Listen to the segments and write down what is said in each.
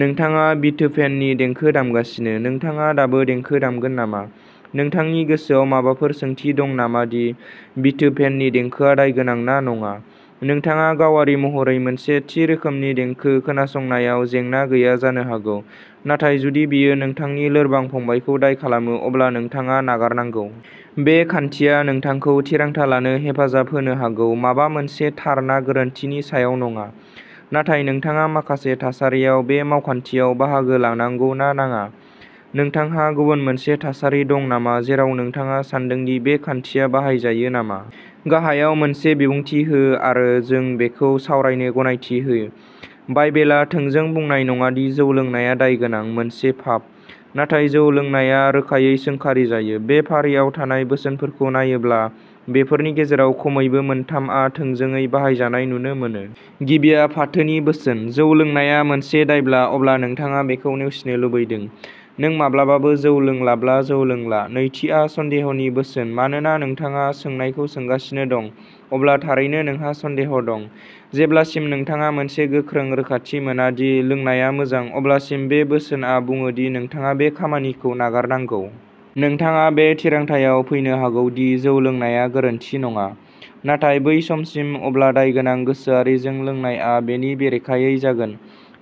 नोंथाङा बीथोभेननि देंखो दामगासिनो, नोंथाङा दाबो देंखो दामगोन नामा? नोंथांनि गोसोआव माबाफोर सोंथि दं नामा दि बीथोभेननि देंखोआ दायगोनां ना नङा? नोंथाङा गावारि महरै मोनसे थि रोखोमनि देंखो खोनासंनायाव जेंना गैया जानो हागौ। नाथाय जुदि बेयो नोंथांनि लोरबां फंबायखौ दाय खालामो अब्ला नोंथाङा नागारनांगौ। बे खान्थिया नोंथांखौ थिरांथा लानो हेफाजाब होनो हागौ माबा मोनसे थार ना गोरोन्थिनि सायाव नङा। नाथाय नोंथाङा माखासे थासारियाव बे मावखान्थियाव बाहागो लानांगौ ना नाङा? नोंथांहा गुबुन मोनसे थासारि दं नामा? जेराव नोंथाङा सानदों दि बे खान्थिया बाहायजायो नामा? गाहायाव मोनसे बिबुंथि हो आरो जों बेखौ सावरायनो गनायथि होयो। बाइबेला थोंजों बुंनाय नङा दि जौ लोंनाया दायगोनां, मोनसे पाप। नाथाय जौ लोंनाया रोखायै सोंखारिजायो। बे फारिआव थानाय बोसोनफोरखौ नायोब्ला, बेफोरनि गेजेराव खमैबो मोनथामआ थोंजोङै बाहायजानाय नुनो मोनो। गिबिया फाथोनि बोसोन। जौ लोंनाया मोनसे दायब्ला, अब्ला नोंथाङा बेखौ नेवसिनो लुबैदों। नों माब्लाबाबो जौ लोंलाबा जौ लोंला। नैथिआ सन्देहनि बोसोन। मानोना नोंथाङा सोंनायखौ सोंगासिनो दं, अब्ला थारैनो नोंहा सन्देह दं। जेब्लासिम नोंथाङा मोनसे गोख्रों रोखाथि मोना दि लोंनाया मोजां, अब्लासिम बे बोसोनआ बुङो दि नोंथाङा बे खामानिखौ नागारनांगौ। नोंथाङा बे थिरांथायाव फैनो हागौ दि जौ लोंनाया गोरोन्थि नङा। नाथाय बै समसिम, अब्ला दायगोनां गोसोआरिजों लोंनायआ बेनि बेरेखायै जागोन।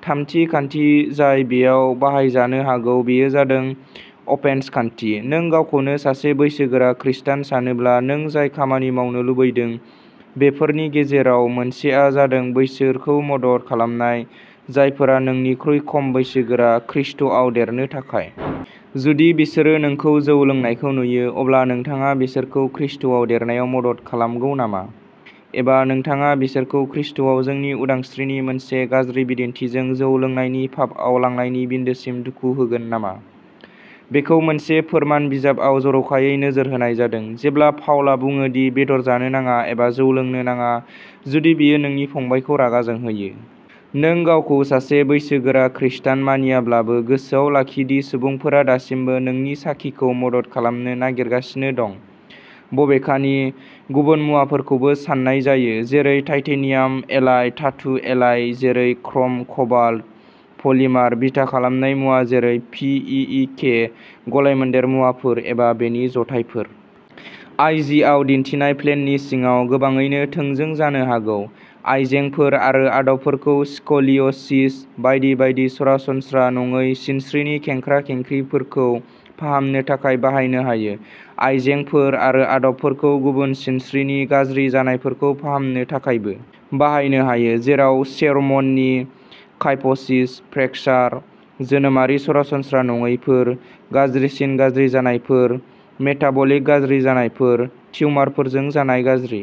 थामथि खान्थि, जाय बेयाव बाहायजानो हागौ बेयो जादों अफेन्स खान्थि। नों गावखौनो सासे बैसोगोरा खृस्टान सानोब्ला, नों जाय खामानि मावनो लुबैदों बेफोरनि गेजेराव मोनसेआ जादों बैसोरखौ मदद खालामनाय। जायफोरा नोंनिख्रुइ खम बैसोगोरा खृष्टआव देरनो थाखाय जुदि बिसोरो नोंखौ जौ लोंनायखौ नुयो, अब्ला नोंथाङा बिसोरखौ खृष्टआव देरनायाव मदद खालामगौ नामा? एबा, नोंथाङा बिसोरखौ ख्रीष्टआव जोंनि उदांस्रिनि मोनसे गाज्रि बिदिन्थिजों जौ लोंनायनि पापआव लांनायनि बिन्दोसिम दुखु होगोन नामा? बेखौ मोनसे फोरमान बिजाबाव जर'खायै नोजोर होनाय जादों, जेब्ला पाउला बुङो दि बेदर जानो नाङा एबा जौ लोंनो नाङा, जुदि बेयो नोंनि फंबायखौ रागा जोंहोयो। नों गावखौ सासे बैसोगोरा खृस्टान मानियाब्लाबो, गोसोआव लाखि दि सुबुंफोरा दासिमबो नोंनि साखिखौ मदद खालामनो नागिरगासिनो दं। बबेखानि, गुबुन मुवाफोरखौबो सान्नाय जायो, जेरै टाइटेनियाम एलाय, धातु एलाय, जेरै क्र'म कबाल्ट, पलिमार बिथा खालामनाय मुवा, जेरै पी इ इ के गलायमोन्देर मुवाफोर एबा बेनि जथायफोर। आइ जिआव दिन्थिनाय प्लेननि सिङाव गोबाङैनो थोंजों जानो हागौ। आइजेंफोर आरो आदबफोरखौ स्क'लिय'सिस बायदि बायदि सरासनस्रा नङै सिनस्रिनि खेंख्रा-खेंख्रिफोरखौ फाहामनो थाखाय बाहायनो हायो। आइजेंफोर आरो आदबफोरखौ गुबुन सिनस्रिनि गाज्रि जानायफोरखौ फाहामनो थाखायबो बाहायनो हायो, जेराव शेउर्मननि काइफ'सिस, फ्रेकचार, जोनोमारि सरासनस्रा नङैफोर, गाज्रिसिन गाज्रि जानायफोर, मेटाबलिक गाज्रि जानायफोर, टिउमारफोरजों जानाय गाज्रि